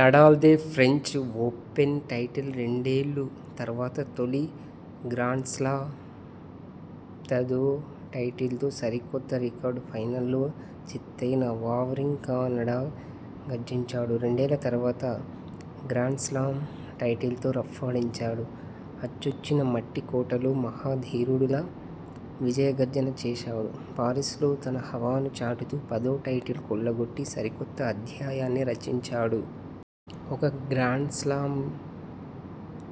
నడాల్దే French Open title రెండేళ్లు తర్వాత తొలి గ్రాండ్స్లా తదో టైటిల్తో సరికొత్త రికార్డు ఫైనల్లో చిత్తయిన వావ్రింకా లాడ గర్జించాడు! రెండేళ్ల తర్వాత గ్రాండ్స్లామ్ టైటిల్తో రఫ్ఫాడించాడు! అచ్చొచ్చిన మట్టి కోటలో మహా ధీరుడిలా విజయ గర్జన చేశాడు! పారిస్లో తన హవాను చాటుతూ పదో టైటిల్ కొల్లగొట్టి సరికొత్త అధ్యాయాన్ని రచించాడు! ఒక గ్రాండ్స్లామ్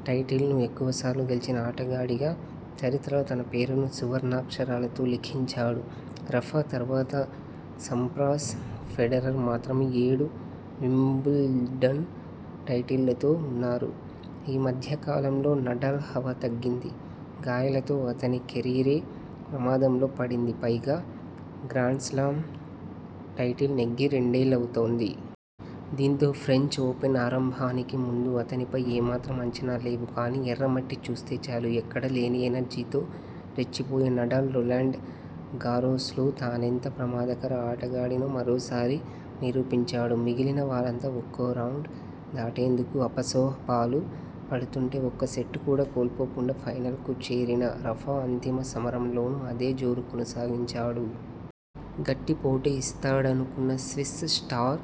టైటిల్ను ఎక్కువసార్లు గెలిచిన ఆటగాడిగా చరిత్రలో తన పేరును సువర్ణాక్షరాలతో లిఖించాడు! రఫా తర్వాత సంప్రాస్, ఫెడరర్ మాత్రమే ఏడు వింబుల్డన్ టైటిళ్లతో ఉన్నారు. ఈ మధ్యకాలంలో నడాల్ హవా తగ్గింది. గాయాలతో అతని కెరీరే ప్రమాదంలో పడింది. పైగా గ్రాండ్స్లామ్ టైటిల్ నెగ్గి రెండేళ్లవుతోంది. దీంతో ఫ్రెంచ్ ఓపెన్ ఆరంభానికి ముందు అతనిపై ఏమాత్రం అంచనాలేవు. కానీ ఎర్రమట్టి చూస్తేచాలు ఎక్కడ లేని ఎనర్జీతో రెచ్చిపోయే నడాల్ రొలాండ్ గారోస్లో తానెంత ప్రమాదకర ఆటగాడినో మరోసారి నిరూపించాడు. మిగిలిన వారంతా ఒక్కోరౌండ్ దాటేందుకు ఆపసోపాలు పడుతుంటే ఒక్క సెట్ కూడా కోల్పోకుండా ఫైనల్కు చేరిన రఫా అంతిమ సమరంలోనూ అదే జోరు కొనసాగించాడు. గట్టి పోటీ ఇస్తాడనుకున్న స్విస్ స్టార్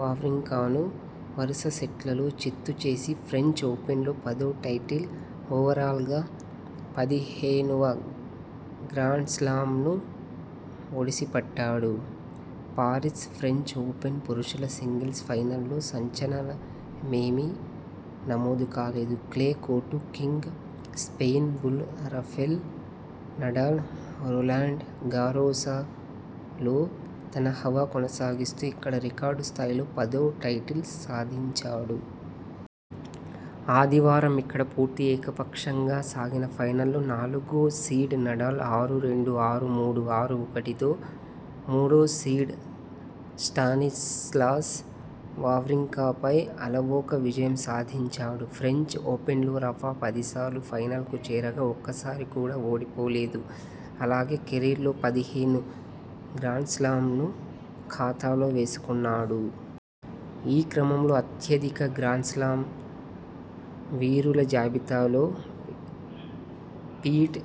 వావ్రింకాను వరుస సెట్లలో చిత్తు చేసి ఫ్రెంచ్ ఓపెన్లో పదో టైటిల్, ఓవరాల్గా పదిహేనువ గ్రాండ్స్లామ్ను ఒడిసిపట్టాడు. పారిస్ ఫ్రెంచ్ ఓపెన్ పురుషుల సింగిల్స్ ఫైనల్లో సంచలనమేమీ నమోదు కాలేదు. Clay court king, Spain bull Rafael Nadal Roland Garros లో తన హవా కొనసాగిస్తూ ఇక్కడ రికార్డు స్థాయిలో పదో టైటిల్ సాధించాడు. ఆదివారమిక్కడ పూర్తి ఏకపక్షంగా సాగిన ఫైనల్లో నాలుగో సీడ్ నడాల్ ఆరు-రెండు, ఆరు-మూడు, ఆరు-ఒకటితో మూడోసీడ్ స్టానిస్లాస్ వావ్రింకా పై అలవోక విజయం సాధించాడు. ఫ్రెంచ్ ఓపెన్లో రఫా పదిసార్లు ఫైనల్కు చేరగా ఒక్కసారి కూడా ఓడిపోలేదు. అలాగే కెరీర్లో పదిహేను గ్రాండ్స్లామ్ను ఖాతాలో వేసుకున్నాడు. ఈ క్రమంలో అత్యధిక గ్రాండ్స్లామ్ వీరుల జాబితాలో పీట్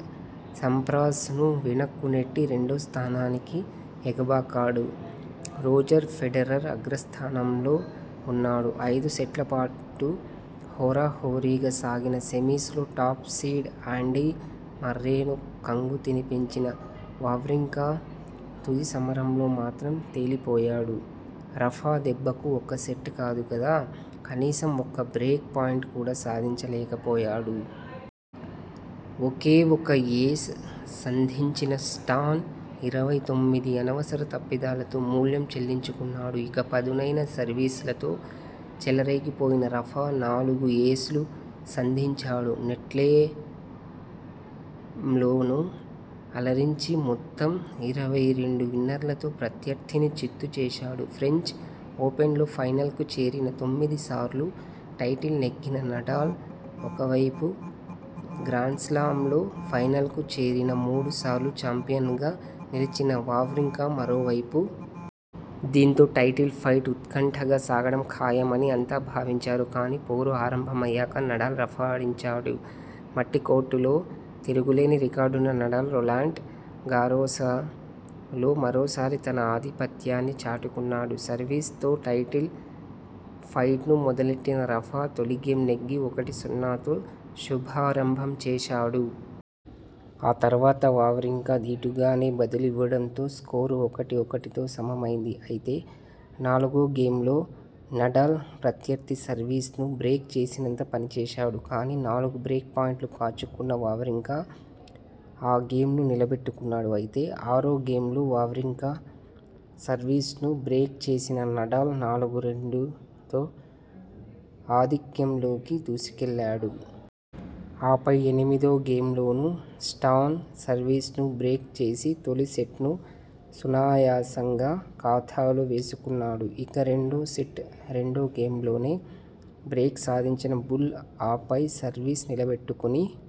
సంప్రాస్ ను వెనక్కునెట్టి రెండు స్థానానికి ఎగబాకాడు. రోజర్ ఫెడరర్ అగ్రస్థానంలో ఉన్నాడు. ఐదుసెట్లపాటు హోరాహోరీగా సాగిన సెమీస్ లో టాప్ సీడ్ ఆండీ మర్రేను కంగుతినిపించిన వావ్రింకా తుది సమరంలో మాత్రం తేలిపోయాడు. రఫా దెబ్బకు ఒక్క సెట్ కాదు కదా కనీసం ఒక్క బ్రేక్ పాయింట్ కూడా సాధించలేక పోయాడు. ఒకే ఒక ఏస్ సంధించిన స్టాన్ ఇరవై తొమ్మిది అనవసర తప్పిదాలతో మూల్యం చెల్లించుకున్నాడు. ఇక పదునైన సర్వీస్లతో చెలరేగిపోయిన రఫా నాలుగు ఏస్లు సంధించాడు. నెట్లేమ్లోనూ అలరించి మొత్తం ఇరవై రేండు విన్నర్లతో ప్రత్యర్థిని చిత్తు చేశాడు. ఫ్రెంచ్ ఓపెన్లో ఫైనల్కు చేరిన తొమ్మిది సార్లూ టైటిల్ నెగ్గిన నడాల్ ఒకవైపు, గ్రాండ్స్లామ్ల్లో ఫైనల్కు చేరిన మూడు సార్లూ చాంపియన్గా నిలిచిన వావ్రింకా మరోవైపు. దీంతో టైటిల్ ఫైట్ ఉత్కంఠగా సాగడం ఖాయమని అంతా భావించారు. కానీ పోరు ఆరంభమయ్యాక నడాల్ రఫాడించాడు. మట్టి కోర్టులో తిరుగులేని రికార్డున్న నడాల్ రొలాండ్ గారోస లో మరోసారి తన ఆధిపత్యాన్ని చాటుకున్నాడు. సర్వీస్ తో టైటిల్ ఫైట్ను మొదలెట్టిన రఫా తొలిగేమ్ నెగ్గి ఒకటి-సున్నాతో శుభారంభం చేశాడు. ఆ తర్వాత వావ్రింకా దీటుగానే బదులివ్వడంతో స్కోరు ఒకటి-ఒకటితో సమమైంది. అయితే నాలుగో గేమ్లో నడాల్ ప్రత్యర్థి సర్వీస్ ను బ్రేక్ చేసినంత పనిచేశాడు. కానీ నాలుగు బ్రేక్ పాయింట్లు కాచుకున్న వావ్రింకా ఆ గేమ్ను నిలబెట్టుకున్నాడు. అయితే ఆరో గేమ్లో వావ్రింకా సర్వీస్ ను బ్రేక్ చేసిన నడాల్ నాలుగు-రెండుతో ఆధిక్యంలోకి దూసుకెళ్లాడు. ఆపై ఎనిమిదో గేమ్లోనూ స్టాన్ సర్వీస్ ను బ్రేక్ చేసి తొలి సెట్ను సునాయాసంగా ఖాతాలో వేసుకున్నాడు. ఇక రెండో సెట్ రెండో గేమ్లోనే బ్రేక్ సాధించిన బుల్ ఆ పై సర్వీస్ నిలబెట్టుకుని